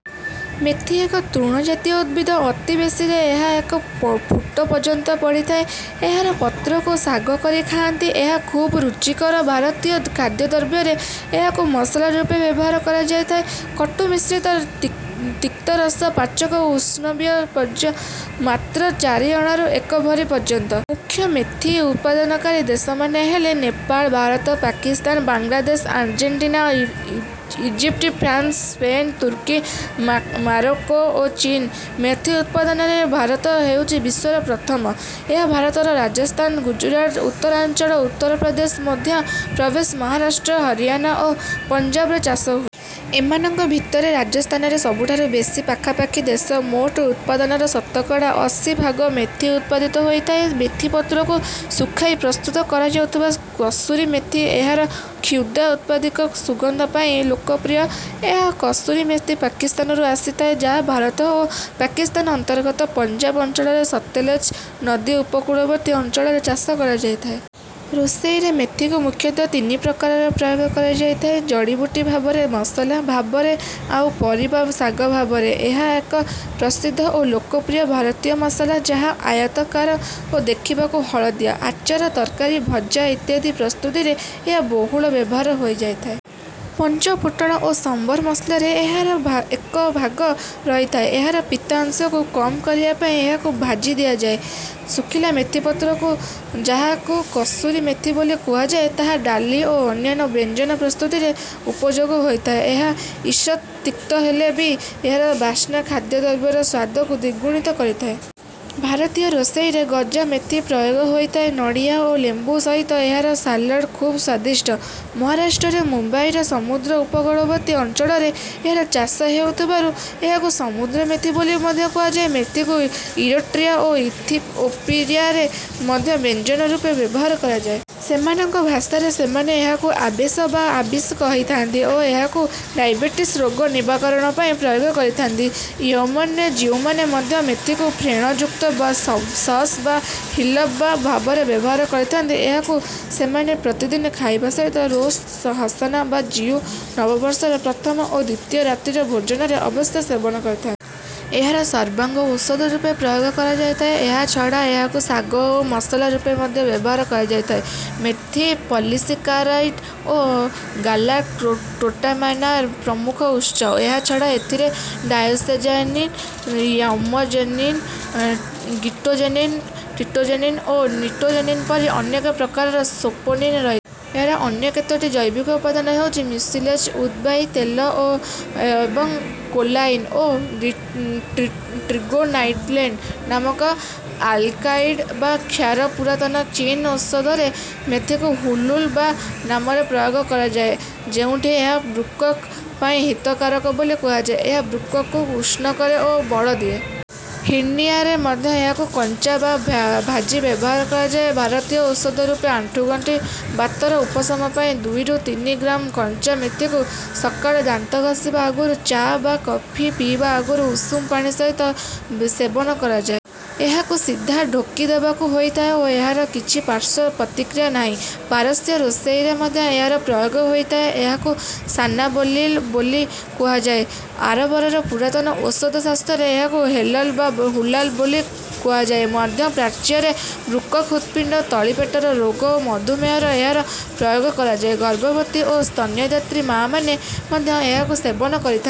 ମେଥି ଏକ ତୃଣ ଜାତୀୟ ଉଦ୍ଭିଦ। ଅତି ବେଶୀରେ ଏହା ଏକ ଫୁଟ ପର୍ଯ୍ୟନ୍ତ ବଢ଼ିଥାଏ। ଏହାର ପତ୍ରକୁ ଶାଗ କରି ଖାଇଥାନ୍ତି। ଏହା ଖୁବ୍ ରୁଚିକର। ଭାରତୀୟ ଖାଦ୍ୟଦ୍ରବ୍ୟରେ ଏହାକୁ ମସଲା ରୂପେ ବ୍ୟବହାର କରାଯାଇଥାଏ। କଟୁ ମିଶ୍ରିତ ତି ତିକ୍ତରସ ପାଚକ ଉଷ୍ଣବୀର୍ଯ୍ୟ। ମାତ୍ରା ଚାରିଅଣାରୁ ଏକ ଭରି ପର୍ଯ୍ୟନ୍ତ। ମୁଖ୍ୟ ମେଥି ଉତ୍ପାଦନକାରୀ ଦେଶମାନେ ହେଲେ ନେପାଳ ଭାରତ ପାକିସ୍ତାନ ବଙ୍ଗଳାଦେଶ ଆର୍ଜେଣ୍ଟିନା ଇ ଇଜିପ୍ଟ ଫ୍ରାନ୍ସ ସ୍ପେନ୍ ତୁର୍କୀ ମା ମାରୋକୋ ଓ ଚୀନ୍। ମେଥି ଉତ୍ପାଦନରେ ଭାରତ ହେଉଛି ବିଶ୍ୱରେ ପ୍ରଥମ। ଏହା ଭାରତର ରାଜସ୍ଥାନ ଗୁଜରାଟ ଉତ୍ତରାଞ୍ଚଳ ଉତ୍ତର ପ୍ରଦେଶ ମଧ୍ୟ ପ୍ରଦେଶ ମହାରାଷ୍ଟ୍ର ହରିୟାଣା ଓ ପଞ୍ଜାବରେ ଚାଷ ହୁ। ଏମାନଙ୍କ ଭିତରେ ରାଜସ୍ଥାନରେ ସବୁଠାରୁ ବେଶି ପାଖାପାଖି ଦେଶର ମୋଟ ଉତ୍ପାଦନର ଶତକଡ଼ା ଅଶୀ ଭାଗ ମେଥି ଉତ୍ପାଦିତ ହୋଇଥାଏ। ମେଥିପତ୍ରକୁ ଶୁଖାଇ ପ୍ରସ୍ତୁତ କରାଯାଉଥିବା କସୁରି ମେଥି ଏହାର କ୍ଷୁଧା ଉତ୍ପାଦିକ ସୁଗନ୍ଧ ପାଇଁ ଲୋକପ୍ରିୟ। ଏହା କସୁର ପାକିସ୍ତାନରୁ ଆସିଥାଏ ଯାହା ଭାରତ ଓ ପାକିସ୍ତାନ ଅନ୍ତର୍ଗତ ପଞ୍ଜାବ ଅଞ୍ଚଳର ସତଲେଜ ନଦୀ ଉପକୂଳବର୍ତ୍ତୀ ଅଞ୍ଚଳରେ ଚାଷ କରାଯାଇଥାଏ। ରୋଷେଇରେ ମେଥିକୁ ମୁଖ୍ୟତଃ ତିନି ପ୍ରକାରରେ ପ୍ରୟୋଗ କରାଯାଏ ଜଡ଼ିବୁଟି ଭାବରେ ମସଲା ଭାବରେ ଆଉ ପରିବା ଶାଗ ଭାବରେ। ଏହା ଏକ ପ୍ରସିଦ୍ଧ ଓ ଲୋକପ୍ରିୟ ଭାରତୀୟ ମସଲା ଯାହା ଆୟତାକାର ଓ ଦେଖିବାକୁ ହଳଦିଆ। ଆଚାର ତରକାରି ଭଜା ଇତ୍ୟାଦି ପ୍ରସ୍ତୁତିରେ ଏହାର ବହୁଳ ବ୍ୟବହାର ହୋଇଥାଏ। ପଞ୍ଚଫୁଟଣ ଓ ସମ୍ବର ମସଲାରେ ଏହାର ଭା ଏକ ଭାଗ ରହିଥାଏ। ଏହାର ପିତା ଅଂଶକୁ କମ୍ କରିବା ପାଇଁ ଏହାକୁ ଭାଜି ଦିଆଯାଏ। ଶୁଖିଲା ମେଥିପତ୍ରକୁ ଯାହାକୁ କସୁରି ମେଥି ବୋଲି କୁହାଯାଏ ତାହା ଡାଲି ଓ ଅନ୍ୟାନ୍ୟ ବ୍ୟଞ୍ଜନ ପ୍ରସ୍ତୁତିରେ ଉପଯୋଗ ହୋଇଥାଏ। ଏହା ଈଷତ୍ ତିକ୍ତ ହେଲେ ବି ଏହାର ବାସ୍ନା ଖାଦ୍ୟଦ୍ରବ୍ୟର ସ୍ୱାଦକୁ ଦ୍ୱିଗୁଣିତ କରିଥାଏ। ଭାରତୀୟ ରୋଷେଇରେ ଗଜାମେଥିର ପ୍ରୟୋଗ ହୋଇଥାଏ। ନଡ଼ିଆ ଓ ଲେମ୍ବୁ ସହିତ ଏହାର ସାଲାଡ୍ ଖୁବ୍ ସ୍ୱାଦିଷ୍ଠ। ମହାରାଷ୍ଟ୍ରରେ ମୁମ୍ବାଇର ସମୁଦ୍ର ଉପକୂଳବର୍ତ୍ତୀ ଅଞ୍ଚଳରେ ଏହାର ଚାଷ ହେଉଥିବାରୁ ଏହାକୁ ସମୁଦ୍ର ମେଥି ବୋଲି ମଧ୍ୟ କୁହାଯାଏ। ମେଥିକୁ ଇରିଟ୍ରିଆ ଓ ଇଥିଓପିଆରେ ମଧ୍ୟ ବ୍ୟଞ୍ଜନ ରୂପେ ବ୍ୟବହାର କରାଯାଏ। ସେମାନଙ୍କ ଭାଷାରେ ସେମାନେ ଏହାକୁ ଆବେଶ ବା ଆବିଶ କହିଥାନ୍ତି ଓ ଏହାକୁ ଡାଇବେଟିସ୍ ରୋଗ ନିବାରଣ ପାଇଁ ପ୍ରୟୋଗ କରିଥାନ୍ତି। ୟେମେନର ଜିଉମାନେ ମଧ୍ୟ ମେଥିକୁ ଫେଣଯୁକ୍ତ ସସ୍ ବା ହିଲ୍‌ବା ଭାବରେ ବ୍ୟବହାର କରିଥାନ୍ତି। ଏହାକୁ ସେମାନେ ପ୍ରତିଦିନ ଖାଇବା ସହିତ ରୋଶ ହସାନା ବା ଜିଉ ନବବର୍ଷର ପ୍ରଥମ ଓ ଦ୍ୱିତୀୟ ରାତ୍ରିର ଭୋଜନରେ ଅବଶ୍ୟ ସେବନ କରିଥାନ୍ତି। ଏହାର ସର୍ବାଙ୍ଗ ଔଷଧ ରୂପେ ପ୍ରୟୋଗ କରାଯାଏ। ଏହା ଛଡ଼ା ଏହାକୁ ଶାଗ ଓ ମସଲା ରୂପେ ମଧ୍ୟ ବ୍ୟବହାର କରାଯାଏ। ମେଥି ପଲିସାକାରାଇଡ୍ ଓ ଗାଲାକ୍ଟୋମାନନ୍‌ର ପ୍ରମୁଖ ଉତ୍ସ। ଏହା ଛଡ଼ା ଏଥିରେ ଡାୟୋସଜେନିନ୍ ୟାମୋଜେନିନ୍ ଗିଟୋଜେନିନ୍ ଟିଟୋଜେନିନ୍ ଓ ନିଓଟୋଜେନିନ୍ ପରି ଅନେକ ପ୍ରକାରର ସାପୋନିନ୍ ରହିଥାଏ। ଏହାର ଅନ୍ୟ କେତୋଟି ଜୈବିକ ଉପାଦାନ ହେଉଛି ମ୍ୟୁସିଲେଜ୍ ଉଦ୍‌ବାୟୀ ତେଲ ଏବଂ କୋଲାଇନ୍ ଓ ଟ୍ରିଗୋନେଲାଇନ୍ ନାମକ ଆଲକାଲଏଡ୍ ବା କ୍ଷାର। ପୁରାତନ ଚୀନୀ ଔଷଧରେ ମେଥିକୁ ହୁ-ଲୁ-ବା ନାମରେ ପ୍ରୟୋଗ କରାଯାଏ ଯେଉଁଠି ଏହା ବୃକ୍‌କ ପାଇଁ ହିତକାରକ ବୋଲି କୁହାଯାଏ। ଏହା ବୃକ୍‌କକୁ ଉଷ୍ଣ କରେ ଓ ବଳ ଦିଏ। ହିର୍ଣ୍ଣିଆରେ ମଧ୍ୟ ଏହାକୁ କଞ୍ଚା ବା ଭାଜି ବ୍ୟବହାର କରାଯାଏ। ଭାରତୀୟ ଔଷଧ ରୂପେ ଆଣ୍ଠୁଗଣ୍ଠି ବାତର ଉପଶମ ପାଇଁ ଦୁଇରୁ ତିନି ଗ୍ରାମ କଞ୍ଚା ମେଥିକୁ ସକାଳେ ଦାନ୍ତ ଘଷିବା ଆଗରୁ ଚା ବା କଫି ପିଇବା ଆଗରୁ ଉଷୁମ ପାଣି ସହିତ ସେବନ କରାଯାଏ। ଏହାକୁ ସିଧା ଢୋକି ଦେବାକୁ ହୋଇଥାଏ ଓ ଏହାର କିଛି ପାର୍ଶ୍ୱ ପ୍ରତିକ୍ରିୟା ନାହିଁ। ପାରସ୍ୟ ରୋଷେଇରେ ମଧ୍ୟ ଏହାର ପ୍ରୟୋଗ ହୋଇଥାଏ। ଏହାକୁ ସାନବାଲିଲେ ବୋଲି କୁହାଯାଏ। ଆରବର ପୁରାତନ ଔଷଧି ଶାସ୍ତ୍ରରେ ଏହାକୁ ହେଲ୍‌ବା ବା ହୁଲ୍‌ବା ବୋଲି କୁହାଯାଏ। ମଧ୍ୟ ପ୍ରାଚ୍ୟରେ ବୃକ୍‌କ ହୃତ୍‌ପିଣ୍ଡ ତଳିପେଟର ରୋଗ ଓ ମଧୁମେହରେ ଏହାର ପ୍ରୟୋଗ କରାଯାଏ। ଗର୍ଭବତୀ ଓ ସ୍ତନ୍ୟଦାତ୍ରୀ ମାଆମାନେ ମଧ୍ୟ ଏହାକୁ ସେବନ କରିଥାନ୍ତି।